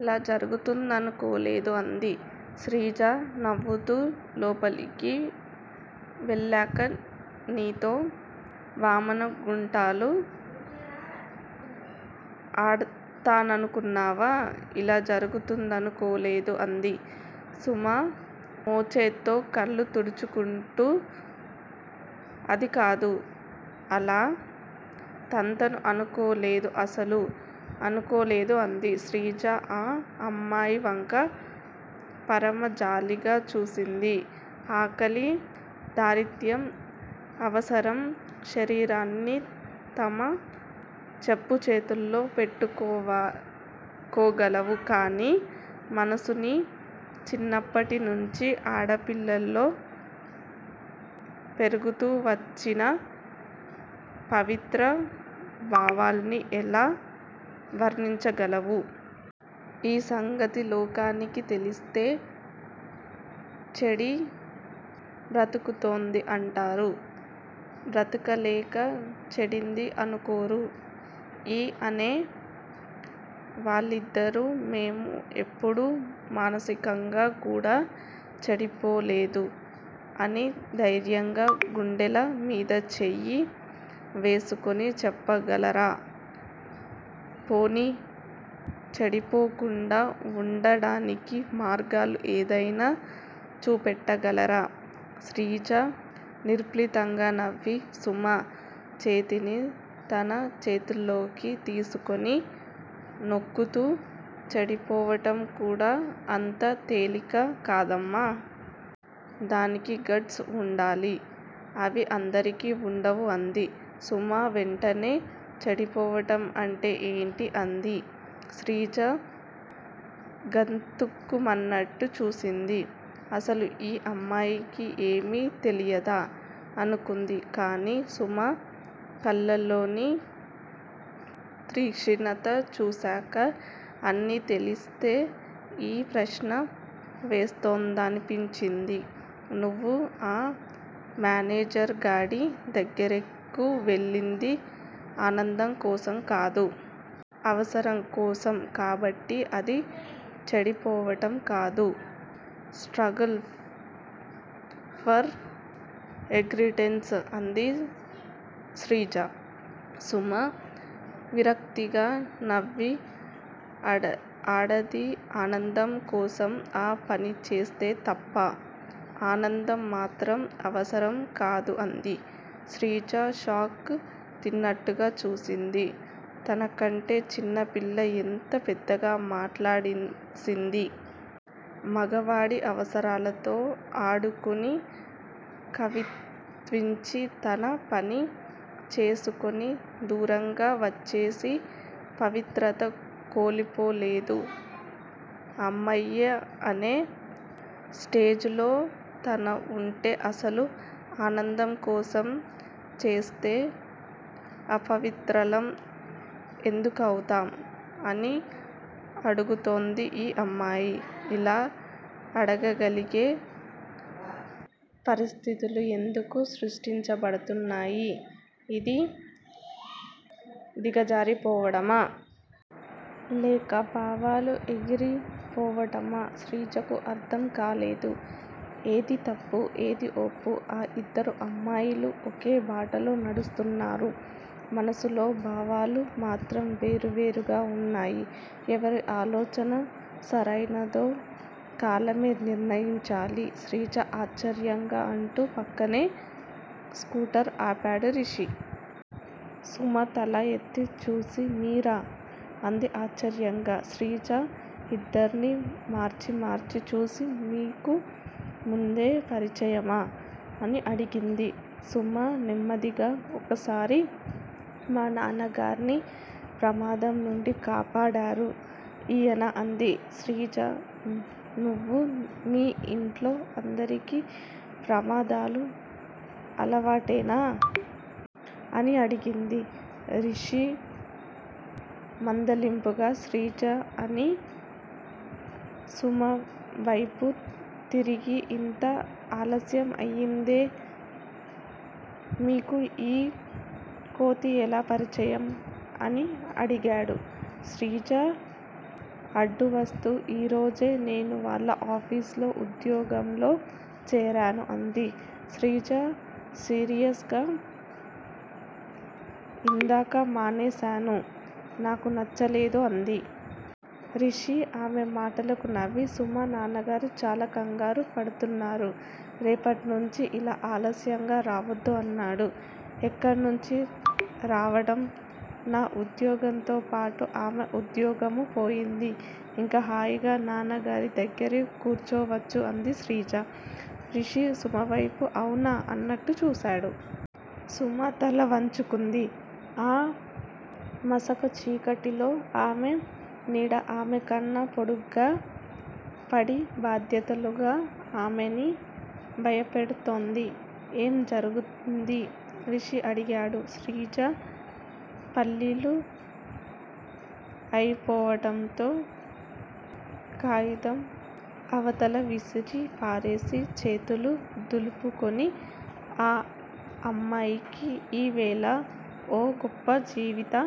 ఇలా జరుగుతుందనుకోలేదు అంది. శ్రీజ నవ్వుతూ లోపలికి వెళ్ళాక నీతో వామనగుంటలు ఆడ్తాడనుకున్నావా? ఇలా జరుగుతుందనుకోలేదు అంది. సుమ మోచేత్తో కళ్ళు తుడుచుకుంటూ అదికాదు! అలా తంతాను అనుకోలేదు అస్సలు అనుకోలేదు అంది. శ్రీజ ఆ అమ్మాయి వంక పరమ జాలిగా చూసింది. ఆకలి, దారిద్ర్యం, అవసరం, శరీరాన్ని తమ చెప్పు చేతల్లో పెట్టుకోగలవు కానీ మనసునీ, చిన్నప్పటినించీ ఆడపిల్లలో పెరుగుతూ వచ్చిన పవిత్ర భావాల్ని ఎలా వర్ణించగలవు? ఈ సంగతి లోకానికి తెలిస్తే చెడి బ్రతుకుతోంది అంటారు. బ్రతకలేక చెడింది అనుకోరు. ఈ అనే వాళ్ళందరూ మేము ఎప్పుడూ మానసికంగా కూడా చెడిపోలేదు అని ధైర్యంగా గుండెల మీద చెయ్యి వేసుకుని చెప్పగలరా? పోనీ చెడిపోకుండా వుండడానికి మార్గం ఏదైనా చూపెట్టగలరా? శ్రీజ నిర్లిప్తంగా నవ్వి, సుమ చేతిని తన చేతిలోకి తీసుకుని నొక్కుతూ చెడిపోవడం కూడా అంత తేలిక కాదమ్మా. దానికీ గట్స్ వుండాలి. అవి అందరికి వుండవు అంది. సుమ వెంటనే చెడిపోవడం అంటే ఏమిటీ? అంది. శ్రీజ గతుక్కుమన్నట్లు చూసింది. అసలు ఈ అమ్మాయికి ఏమీ తెలియదా? అనుకుంది. కానీ సుమ కళ్ళలోని తీక్షణత చూసాక అన్నీ తెలిసే ఈ ప్రశ్న వేస్తోందనిపించింది. నువ్వు ఆ మేనేజర్ గాడి దగ్గరకు వెళ్ళింది ఆనందం కోసం కాదు. అవసరం కోసం కాబట్టి అది చెడిపోవడం కాదు, స్ట్రగుల్ ఫర్ ఎగ్జిట్టెన్స్ అంది శ్రీజ. సుమ విరక్తిగా నవ్వి ఆడది ఆనందం కోసం ఆ పని చేస్తే తప్పా? ఆనందం మాత్రం అవసరం కాదా అంది. శ్రీజ షాక్ తిన్నట్లుగా చూసింది. తనకంటే చిన్నపిల్ల ఎంత పెద్దగా మాట్లాడేసిందీ? మగవాడి అవసరంతో ఆడుకుని, కవ్వించి తన పని చేసుకుని, దూరంగా వచ్చేసి పవిత్రత కోల్పోలేదు అమ్మయ్యా అనే స్లేజ్ లో తను వుంటే అసలు ఆనందం కోసం చేస్తే అపవిత్రులం ఎందుకవుతాం? అని అడుగుతోంది ఈ అమ్మాయి. ఇలా ఆడగలిగే పరిస్థితులు ఎందుకు సృష్టించబడుతున్నాయి? ఇది దిగజారిపోవడమా? లేక భావాలు ఎగిరి పోవడమా? శ్రీజకి అర్ధం కాలేదు. ఏది తప్పు? ఏది ఒప్పు? ఆ ఇద్దరు అమ్మాయిలూ ఒకే బాటలో నడుస్తున్నారు. మనసులో భావాలు మాత్రం వేర్వేరుగా ఉన్నాయి. ఎవరి ఆలోచన సరైనదో కాలమే నిర్ణయించాలి. శ్రీజా! ఆశ్చర్యంగా అంటూ పక్కనే స్కూటర్ ఆపాడు రిషి. సుమ తల ఎత్తి చూసి మీరా! అంది ఆశ్చర్యంగా. శ్రీజ ఇద్దర్నీ మార్చి మార్చి చూసి మీకు ముందే పరిచయమా? అని అడిగింది. సుమ నెమ్మదిగా ఓసారి మా నాన్నగార్ని ప్రమాదం నుండి కాపాడారు ఈయన అంది. శ్రీజ నవ్వి మీ ఇంట్లో అందరికీ ప్రమాదాలు అలవాటేనా? అని అడిగింది. రిషి మందలింపుగా శ్రీజా అని సుమవైపు తిరిగి ఇంత ఆలస్యం అయిందే? మీకు ఈ కోతి ఎలా పరిచయం? అని అడిగాడు. శ్రీజ అడ్డువస్తూ ఈరోజే నేను వాళ్ళ ఆఫీసులో ఉద్యోగంలో చేరాను అంది. శ్రీజ సీరియస్ గా ఇందాకా మానేసాను. నాకు నచ్చలేదు అంది. రిషి ఆమె మాటలకు నవ్వి సుమా నాన్నగారు చాలా కంగారు పడ్తున్నారు. రేపట్నించీ ఇలా ఆలస్యంగా రావొద్దు అన్నాడు. ఎక్కడ్నించి రావడం? నా ఉద్యోగంతో పాటు ఆమె ఉద్యోగమూ పోయింది. ఇక హాయిగా నాన్నగారి దగ్గరే కూర్చోవచ్చు అంది శ్రీజ. రిషి సుమవైపు అవునా? అన్నట్లు చూసాడు. సుమ తల వంచుకుంది. ఆ మసక చీకటిలో ఆమె నీడ ఆమెకన్నా పొడుగ్గా పడి భవిష్యత్తులా ఆమెని భయపెడ్తోంది. ఏం జరిగిందీ? రిషి అడిగాడు. శ్రీజ పల్లీలు అయిపోవడంతో కాయితం అవతల విసిరి పారేసి, చేతులు దులుపుకుని ఆ అమ్మాయికి ఈ వేళ ఓ గొప్ప జీవిత